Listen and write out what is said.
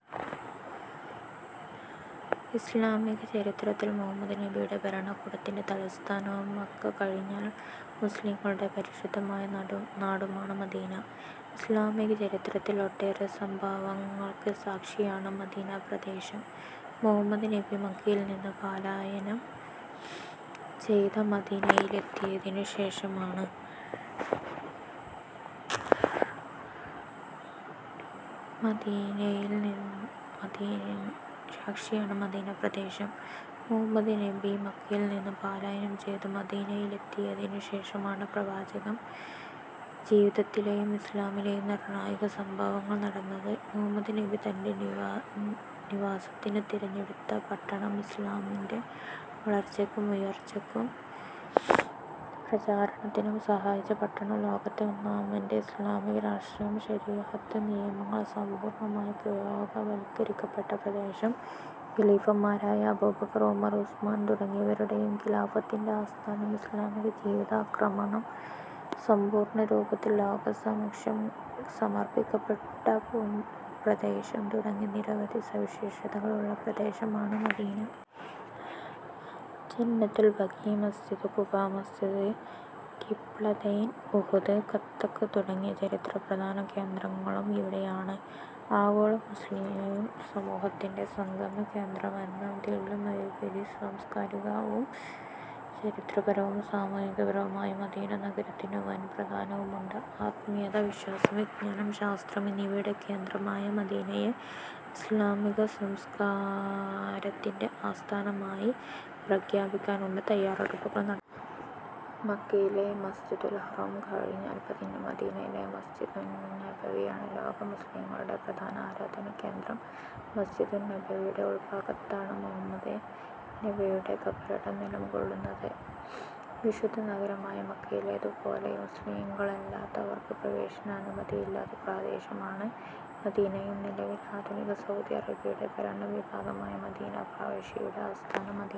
ഇസ്ലാമികചരിത്രത്തിൽ മുഹമ്മദ് നബിയുടെ ഭരണകൂടത്തിന്റെ തലസ്ഥാനവും മക്ക കഴിഞ്ഞാൽ മുസ്ലിംകളുടെ പരിശുദ്ധമായ നാടുമാണ് മദീന. ഇസ്ലാമിക ചരിത്രത്തിൽ ഒട്ടേറെ സംഭവങ്ങൾക്ക് സാക്ഷിയാണ് മദീന പ്രദേശം. മുഹമ്മദ് നബി മക്കയിൽ നിന്ന് പലായനം ചെയ്ത് മദീനയിലെത്തിയതിനു ശേഷമാണ് പ്രവാചക ജീവിതത്തിലെയും ഇസ്ലാമിലെയും നിർണായക സംഭവങ്ങൾ നടന്നത്. മുഹമ്മദ് നബി തന്റെ നിവാസത്തിനു തിരഞ്ഞെടുത്ത പട്ടണം, ഇസ്ലാമിന്റെ വളർച്ചക്കും ഉയർച്ചക്കും പ്രചാരത്തിനും സഹായിച്ച പട്ടണം, ലോകത്തെ ഒന്നാമത്തെ ഇസ്ലാമിക രാഷ്ട്രം, ശരീഅത്ത് നിയമങ്ങൾ സമ്പൂർണ്ണമായി പ്രയോഗവൽക്കരിക്കപ്പെട്ട പ്രദേശം, ഖലീഫമാരായ അബൂബക്കർ, ഉമർ, ഉസ്മാൻ തുടങ്ങിയവരുടെയും ഖിലാഫത്തിന്റെ ആസ്ഥാനം, ഇസ്ലാമിക ജീവിതക്രമം സമ്പൂർണ രൂപത്തിൽ ലോകസമക്ഷം സമർപ്പിക്കപ്പെട്ട ഭൂപ്രദേശം തുടങ്ങി നിരവധി സവിശേഷതകളുള്ള പ്രദേശമാണ് മദീന. ജന്നത്തുൽ ബഖീ, മസ്ജിദ് ഖുബാ, മസ്ജിദ് ഖിബ്ലതൈൻ, ഉഹ്ദ്, ഖന്തക്ക് തുടങ്ങിയ ചരിത്ര പ്രധാന കേന്ദ്രങ്ങളും ഇവിടെയാണ്. ആഗോള മുസ്ലിം സമൂഹത്തിന്റെ സംഗമ കേന്ദ്രമെന്നതിലുപരി സാംസ്കാരികവും ചരിത്രപരവും സാമൂഹികപരവുമായി മദീന നഗരത്തിനു വൻ പ്രാധാന്യവുമുണ്ട്. ആത്മീയത, വിശ്വാസം, വിജ്ഞാനം, ശാസ്ത്രം എന്നിവയുടെ കേന്ദ്രമായ മദീനയെ ഇസ്ലാമിക സംസ്കാരത്തിന്റെ ആസ്ഥാനമായി പ്രഖ്യാപിക്കാനുള്ള തയ്യാറെടുപ്പുകൾ നടക്കുന്നുണ്ട്. മക്കയിലെ മസ്ജിദുൽ ഹറം കഴിഞ്ഞാൽ മദീനയിലെ മസ്ജിദുന്നബവിയാണ് ലോക മുസ്ലിംകളുടെ പ്രധാന ആരാധനാ കേന്ദ്രം. മസ്ജിദുന്നബവിയുടെ ഉൾഭാഗത്താണ് മുഹമ്മദ് നബിയുടെ ഖബറിടം നില കൊള്ളുന്നത്. വിശുദ്ധ നഗരമായ മക്കയിലേതു പോലെ മുസ്ലിംകളല്ലാത്തവർക്ക് പ്രവേശന അനുമതിയില്ലാത്ത പ്രദേശമാണ് മദീനയും. നിലവിൽ ആധുനിക സൗദി അറേബ്യയുടെ ഭരണ വിഭാഗമായ മദീന പ്രവിശ്യയുടെ ആസ്ഥാനം മദീനയാണ്.